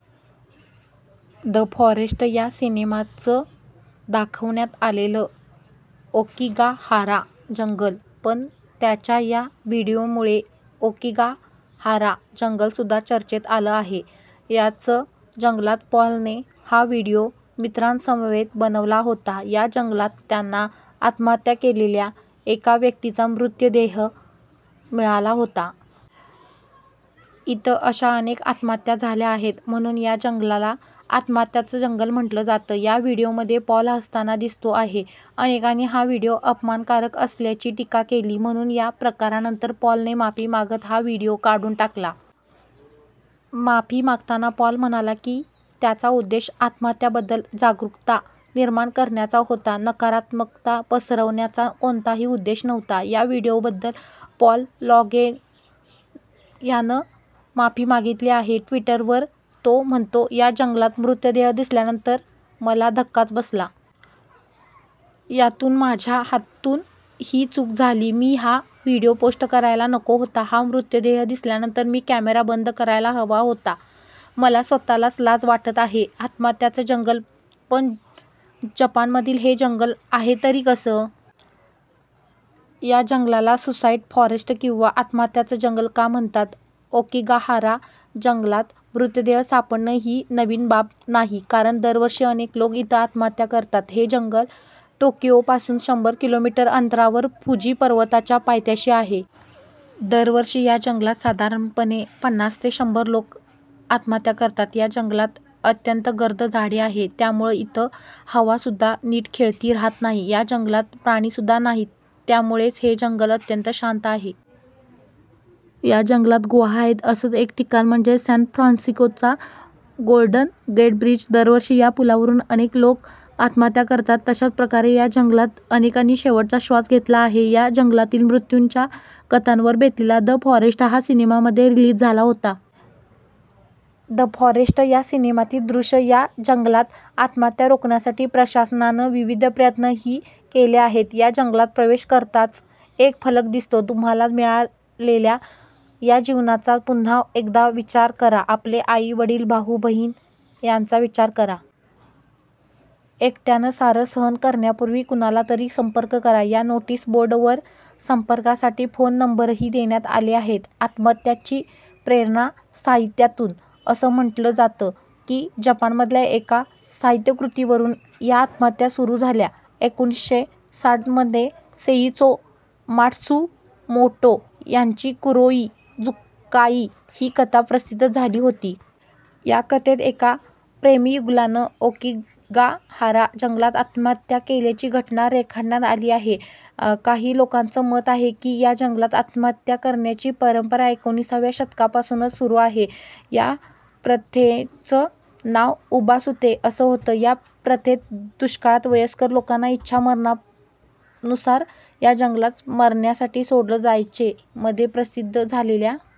The forest या सिनेमाच दाखवण्यात आलेलं ओकिगाहारा जंगल पण त्याच्या या व्हीडिओमुळे ओकिगाहारा जंगलसुद्धा चर्चेत आलं आहे. याच जंगलात पॉलने हा व्हीडिओ मित्रांसमवेत बनवला होता. या जंगलात त्यांना आत्महत्या केलेल्या एका व्यक्तीचा मृतदेह मिळाला होता. इथं अशा अनेक आत्महत्या झाल्या आहेत, म्हणून या जंगलाला आत्महत्यांचं जंगल म्हटलं जातं. या व्हीडिओमध्ये पॉल हसताना दिसतो आहे. अनेकांनी हा व्हीडिओ अपमानकारक असल्याची टीका केली. म्हणून या प्रकारानंतर पॉलनं माफी मागत हा व्हीडिओ काढून टाकला. माफी मागताना पॉल म्हणाला की त्याचा उद्देश आत्महत्यांबद्दल जागरूकता निर्माण करण्याचा होता, नकारात्मकता पसरवण्याचा कोणताही उद्देश नव्हता. या व्हीडिओबद्दल पॉल लोगेन यानं माफी मागितली आहे. ट्विटरवर तो म्हणतो, या जंगलात मृतदेह दिसल्यानंतर मला धक्काच बसला. त्यातून माझ्या हातून ही चूक झाली. मी हा व्हीडिओ पोस्ट करायला नको होता. हा मृतदेह दिसल्यानंतर मी कॅमेरा बंद करायला हवा होता. मला स्वतःलाच लाज वाटत आहे. आत्महत्यांचं जंगल पण जपानमधील हे जंगल आहे तरी कसं? या जंगलाला सुसाईड फॉरेस्ट किंवा आत्महत्यांचं जंगल का म्हणतात? ओकिगाहारा जंगलात मृतदेह सापडणं ही नवीन बाब नाही. कारण दरवर्षी अनेक लोक इथं आत्महत्या करतात. हे जंगल टोकिओपासून शंभर किलोमीटर अंतरावर फुजी पर्वताच्या पायथ्याशी आहे. दरवर्षी या जंगलात साधारणपणे पन्नास ते शंभर लोक आत्महत्या करतात. या जंगलात अत्यंत गर्द झाडी आहे. त्यामुळं इथं हवासुद्धा नीट खेळती राहत नाही. या जंगलात प्राणीसुद्धा नाहीत. त्यामुळेच हे जंगल अत्यंत शांत आहे. या जंगलात गुहा आहेत. असंच एक ठिकाण म्हणजे सॅनफ्रान्सिस्कोचा गोल्डन गेट ब्रिज. दरवर्षी या पुलावरूनही अनेक लोक आत्महत्या करतात. तशाच प्रकारे या जंगलात अनेकांनी शेवटचा श्वास घेतला आहे. या जंगलातील मृत्यूंच्या कथांवर बेतलेला द फॉरेस्ट हा सिनेमा मध्ये रिलीज झाला होता. द फॉरेस्ट या सिनेमातील दृश्य या जंगलात आत्महत्या रोखण्यासाठी प्रशासनानं विविध प्रयत्नही केले आहेत. या जंगलात प्रवेश करताच एक फलक दिसतो तुम्हाला मिळालेल्या या जीवनाचा पुन्हा एकदा विचार करा. आपले आई वडील, भाऊ बहीण यांचा विचार करा. एकट्यानं सारं सहन करण्यापूर्वी कुणाला तरी संपर्क करा. या नोटीस बोर्डवर संपर्कासाठी फोन नंबरही देण्यात आले आहेत. आत्महत्यांची प्रेरणा साहित्यातून? असं म्हटलं जातं की जपानमधल्या एका साहित्यकृतीवरून या आत्महत्या सुरू झाल्या. एकोणीसशे साठमध्ये सेइचो माट्सुमोटो यांची कुरोई जुकाई ही कथा प्रसिद्ध झाली होती. या कथेत एका प्रेमीयुगुलानं ओकिगाहारा जंगलात आत्महत्या केल्याची घटना रेखाटण्यात आली आहे. काही लोकांचं मत आहे की, या जंगलात आत्महत्या करण्याची परंपरा एकोणीसव्या शतकापासूनच सुरू आहे. या प्रथेचं नाव उबासुते असं होतं. या प्रथेत दुष्काळात वयस्कर लोकांना इच्छा मरणानुसार या जंगलात मरण्यासाठी सोडलं जायचे. मध्ये प्रसिद्ध झालेल्या